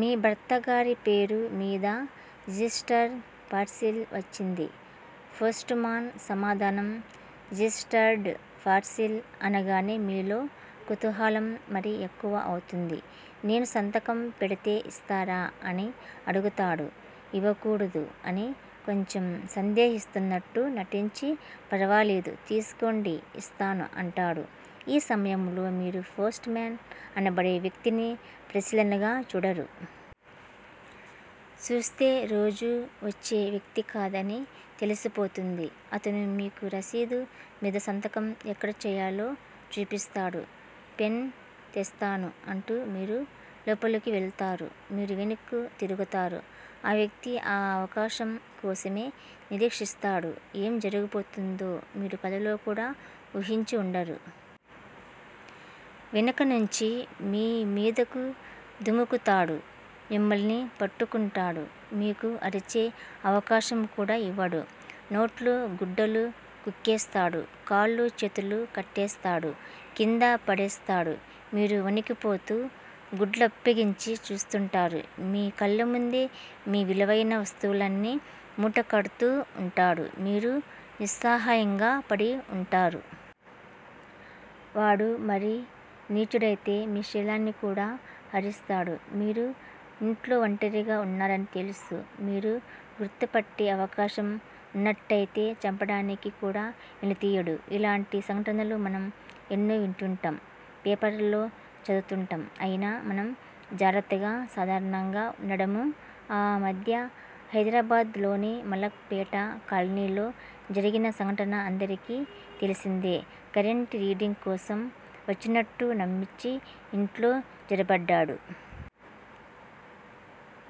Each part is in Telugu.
మీ భర్తగారి పేరు మీద రిజిస్టర్ పార్సిల్ వచ్చింది. పోస్టుమాన్ సమాధానం. రిజిస్టర్డ్ పార్సిల్ అనగానే మీలో కుతూహలం మరీ ఎక్కువ అవుతుంది. నేను సంతకం పెడితే ఇస్తారా? అని అడుగుతాడు. ఇవ్వకూడదు. అని కొంచెం సందేహిస్తున్నట్లు నటించి ఫర్వాలేదు తీసుకోండి ఇస్తాను అంటాడు. ఈ సమయంలో మీరు పోస్ట్ మెన్ అనబడే వ్యక్తిని పరిశీలనగా చూడరు. చూస్తే రోజూ వచ్చే వ్యక్తికాదని తెలిసిపోతుంది. అతను మీకు రసీదు మీద సంతకం ఎక్కడ చెయ్యాలో చూపిస్తాడు. పెన్ తెస్తాను అంటూ మీరు లోపలకు వెళ్తారు. మీరు వెనక్కు తిరుగుతారు. ఆ వ్యక్తి ఆ అవకాశం కోసమే నిరీక్షిస్తాడు ఏం జరుగబోతోందో మీరు కలలో కూడా వూహించి ఉండరు. వెనక నుంచి మీ మీదకు దుముకుతాడు మిమ్మల్ని పట్టుకుంటాడు. మీకు అరిచే అవకాశం కూడా ఇవ్వడు. నోట్లో గుడ్డలు కుక్కేస్తాడు కాళ్ళూ చేతులూ కట్టేస్తాడు కింద పడేస్తాడు మీరు వణికిపోతూ, గుడ్లప్పగించి చూస్తుంటారు. మీ కళ్ళముందే మీ విలువైన వస్తువులన్నీ మూట కడ్తూ ఉంటాడు. మీరు నిస్సహాయంగా పడి ఉంటారు. వాడు మరీ నీచుడైతే మీ శీలాన్ని కూడా హరిస్తాడు మీరు ఇంట్లో వంటరిగా ఉన్నారని తెలుసు మీరు గుర్తుపట్టే అవకాశం ఉన్నట్టయితే చంపడానికి కూడా వెనుదీయడు. ఇలాంటి సంఘటనలు మనం ఎన్నో వింటుంటాం. పేపర్ లో చదువుతుంటాం అయినా మనం జాగ్రత్తగా సాధారణంగా ఉండము. ఆ మధ్య హైదరాబాద్ లోని మలక్ పేట కాలనీలో జరిగిన సంఘటన అందరికీ తెలిసిందే కరెంటు రీడింగ్ కోసం వచ్చినట్లు నమ్మించి ఇంట్లో జొరబడ్డాడు.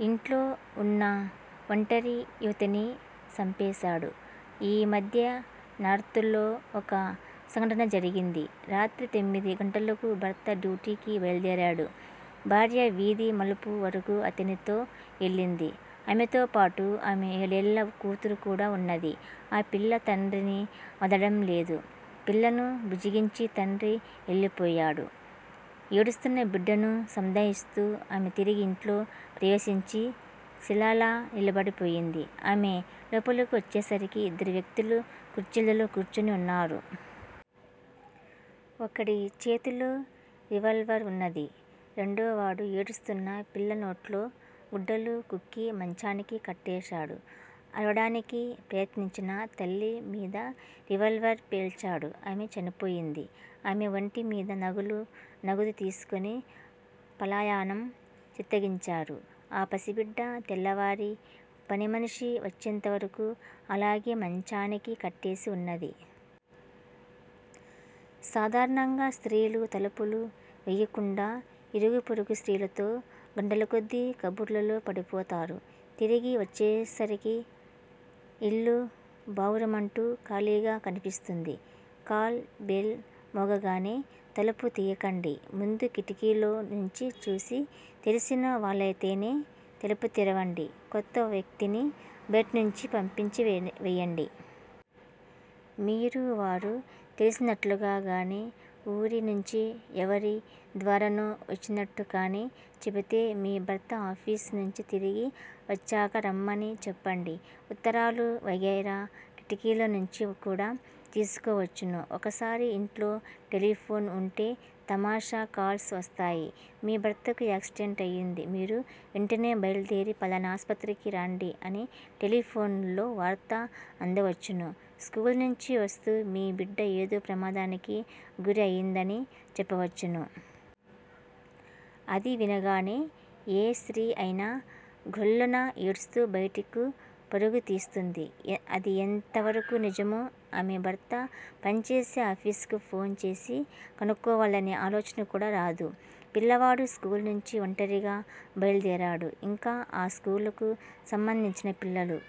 ఇంట్లో ఉన్న ఒంటరి యువతిని చంపేశాడు. ఈ మధ్య నార్తులో ఒక సంఘటన జరిగింది. రాత్రి తొమ్మిది గంటలకు భర్త డ్యూటీకి బయలుదేరాడు. భార్య వీధి మలుపు వరకూ అతనితో వెళ్ళింది ఆమెతోపాటు ఆమె ఏడేళ్ల కూతురు కూడా ఉన్నది ఆ పిల్ల తండ్రిని వదలడంలేదు పిల్లను బుజ్జగించి తండ్రి వెళ్ళిపోయాడు ఏడుస్తున్న బిడ్డను సముదాయిస్తూ ఆమె తిరిగి ఇంట్లో ప్రవేశించి శిలలా నిలబడిపోయింది ఆమె లోపలకు వచ్చేసరికి ఇద్దరు వ్యక్తులు కుర్చీలలో కూర్చుని ఉన్నారు. ఒకడి చేతిలో రివాల్వర్ ఉన్నది. రెండోవాడు ఏడుస్తున్న పిల్లనోట్లో గుడ్డలు కుక్కి మంచానికి కట్టేశాడు. అరవడానికి ప్రయత్నించిన తల్లి మీద రివాల్వర్ పేల్చాడు ఆమె చనిపోయింది ఆమె వంటి మీద నగలూ, నగదు తీసుకొని పలాయనం చిత్తగించారు. ఆ పసిబిడ్డ తెల్లవారి పనిమనిషి వచ్చేంత వరకూ అలాగే మంచానికి కట్టేసి ఉన్నది. సాధారణంగా స్త్రీలు తలుపులు వెయ్యకుండా ఇరుగుపొరుగు స్త్రీలతో గంటలకొద్దీ కబుర్లలో పడిపోతారు. తిరిగి వచ్చేసరికి ఇల్లు బావురుమంటూ ఖాళీగా కనిపిస్తుంది. కాల్ బెల్ మోగగానే తలుపు తియ్యకండి. ముందు కిటికీలో నుంచి చూసి తెలిసిన వాళ్ళయితేనే తలుపు తెరవండి. కొత్త వ్యక్తిని బయటనుంచి పంపించి వెయ్యండి. మీరు వారు తెలిసినట్లుగానీ, వూరి నుంచి ఎవరి ద్వారానో వచ్చినట్టు కాని చెబితే మీ భర్త ఆఫీసు నుంచి తిరిగి వచ్చాక రమ్మని చెప్పండి. ఉత్తరాలూ వగైరా కిటికీలో నుంచి కూడా తీసుకోవచ్చును. ఒకసారి ఇంట్లో టెలిఫోన్ ఉంటే తమాషా కాల్స్ వస్తాయి. మీ భర్తకు యాక్సిడెంట్ అయింది మీరు వెంటనే బయలుదేరి ఫలానా ఆసుపత్రికి రండి అని టెలిఫోన్ లో వార్త అందవచ్చును స్కూలు నుంచి వస్తూ మీ బిడ్డ ఏదో ప్రమాదానికి గురి అయిందని చెప్పవచ్చును. అది వినగానే ఏ స్త్రీ అయినా ఘొల్లున ఏడుస్తూ బయటకు పరుగు తీస్తుంది. అది ఎంతవరకు నిజమో ఆమె భర్త పనిచేసే ఆఫీసుకు ఫోన్ చేసి కనుక్కోవాలనే ఆలోచన కూడా రాదు. పిల్లవాడు స్కూలు నుంచి ఒంటరిగా బయలుదేరాడు. ఇంకా ఆ స్కూలుకు సంబంధించిన పిల్లలు